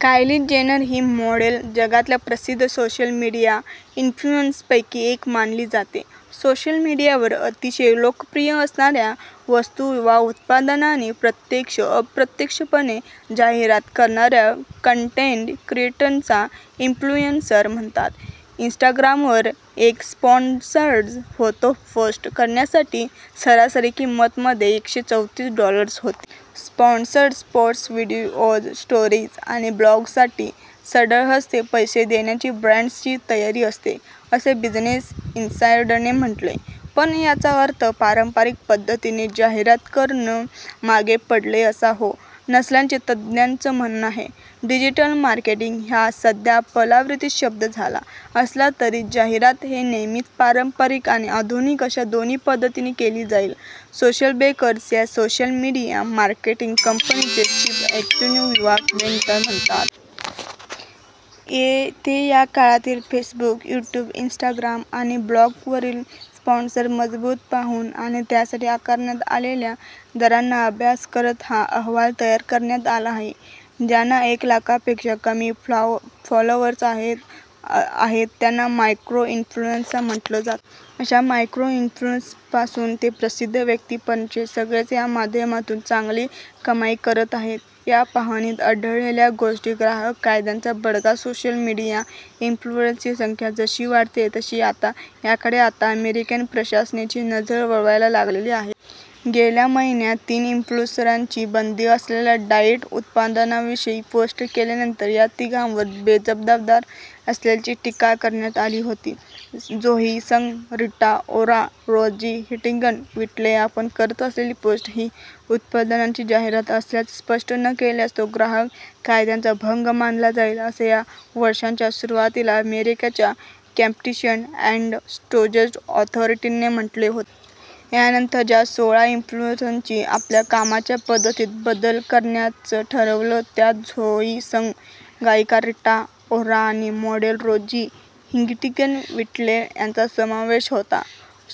कायली Jenner ही model जगातल्या प्रसिद्ध सोशल मीडिया एन्फ्लुएन्सर पैकी एक मानली जाते. सोशल मीडियावर अतिशय लोकप्रिय असणाऱ्या, वस्तू वा उत्पादनांची प्रत्यक्ष-अप्रत्यक्षपणे जाहिरात करणाऱ्यांना कन्टेन्ट क्रिएटर्सना 'इन्फ्लुएन्सर' म्हणतात. इन्स्टाग्रामवर एक 'स्पॉन्सर्ड' फोटो पोस्ट करण्यासाठीची सरासरी किंमत मध्ये एकशे चौतीस डॉलर्स होती. स्पॉन्सर्ड पोस्ट्स, व्हिडिओज, स्टोरीज आणि ब्लॉग्ससाठी सढळहस्ते पैसे देण्याची ब्रॅण्ड्सची तयारी असते असं बिझनेस इनसायडरने म्हटलंय. पण याचा अर्थ पारंपरिक पद्धतीने जाहिरात करणं मागे पडलंय असा हो नसल्याचं तज्ज्ञांचं म्हणणं आहे. डिजिटल मार्केटिंग हा सध्या परवलीचा शब्द झाला असला तरी जाहिरात हे नेहमीच पारंपरिक आणि आधुनिक अशा दोन्ही पद्धतींनी केली जाईल सोशलबेकर्स या सोशल मीडिया मार्केटिंग कंपनीचे chief executive Yuval Ben Itzhak म्हणतात. ये ते या काळातील फेसबुक, युट्यूब, इन्स्टाग्राम आणि ब्लॉग्सवरील स्पॉन्सर्ड मजबूर पाहून आणि त्यासाठी आकारण्यात आलेल्या दरांचा अभ्यास करत हा अहवाल तयार करण्यात आला आहे. ज्यांना एक लाखांपेक्षा कमी फॉलोअर्स आहेत, त्यांना 'मायक्रो इन्फ्लुएन्सर' म्हटलं जातं. अशा मायक्रो इन्फ्लुएन्सर्सपासून ते प्रसिद्ध व्यक्तींपर्यंतचे सगळेच या माध्यमातून चांगली कमाई करत आहेत. या पाहणीत आढळलेल्या गोष्टी ग्राहक कायद्याचा बडगा सोशल मीडिया इन्फ्लुएन्सर्सची संख्या जशी वाढतेय तशी आता याकडे आता अमेरिकन प्रशासनाची नजर वळायला लागलेली आहे. गेल्या महिन्यात तीन इन्फ्लुएन्सर्सनी बंदी असलेल्या डाएट उत्पादनांविषयी पोस्ट केल्यानंतर या तिघांवर बेजबाबदार असल्याची टीका करण्यात आली होती. झोई सग, रिटा ओरा, रोझी हंटिंग्टन-व्हिटले आपण करत असलेली पोस्ट ही उत्पादनांची जाहिरात असल्याचं स्पष्ट न केल्यास तो ग्राहक कायद्याचा भंग मानला जाईल असं या वर्षाच्या सुरुवातीला अमेरिकेच्या 'कॉम्पिटिशन अॅण्ड स्टॅण्डर्डस अथॉरिटी'ने म्हटलं होतं. यानंतर ज्या सोळा इन्फ्लुएन्सर्सनी आपल्या कामाच्या पद्धतीत बदल करण्याचं ठरवलं त्यात झोई सग, गायिका रिटा ओरा आणि मॉडेल रोझी हंटिंग्टन-व्हिटले यांचा समावेश होता.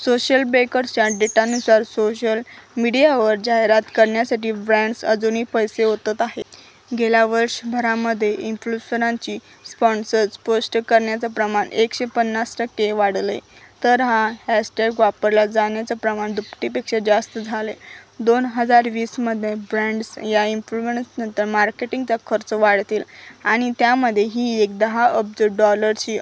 सोशलबेकर्सच्या डेटानुसार सोशल मीडियावर जाहिरात करण्यासाठी ब्रॅण्ड्स अजूनही पैसे ओतत आहेत. गेल्या वर्षभरामध्ये इन्फ्लुएनर्ससी स्पॉन्सर्ड पोस्ट करण्याचं प्रमाण एकशे पन्नास टक्के वाढलंय तर हा हॅशटॅग वापरला जाण्याचं प्रमाण दुप्पटीपेक्षा जास्त झालंय. दोन हजार वीस मध्ये ब्रँण्डस या इन्फ्लुएन्सर मार्केटिंगवरचा खर्च वाढवतील आणि त्यामुळे ही एक दहा अब्ज डॉलर्सची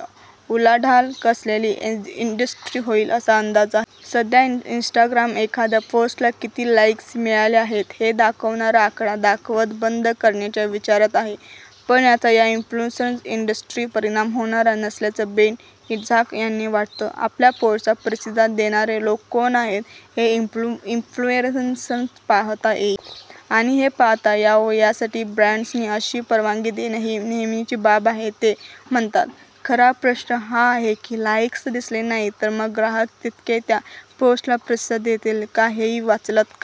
उलाढाल असलेली इंडस्ट्री होईल असा अंदाज आहे. सध्या इन्स्टाग्राम एखाद्या पोस्टला किती 'लाईक्स' मिळाले आहेत हे दाखवणारा आकडा दाखवणं बंद करण्याच्या विचारात आहे. पण याचा या इन्फ्लुएन्सर इंडस्ट्रीवर परिणाम होणार नसल्याचं बेन इट्झाक यांना वाटतं. आपल्या पोस्टना प्रतिसाद देणारे लोक कोण आहेत हे इन्फ्लुएन्सर्सना पाहता येईल. आणि हे पाहता यावं यासाठी ब्रॅण्डसनाही अशी परवानगी देणं ही नेहमीची बाब आहे ते म्हणतात. खरा प्रश्न हा आहे की लाईक्स दिसले नाहीत तर मग ग्राहक तितके त्या पोस्टला प्रतिसाद देतील का हेही वाचलंत का?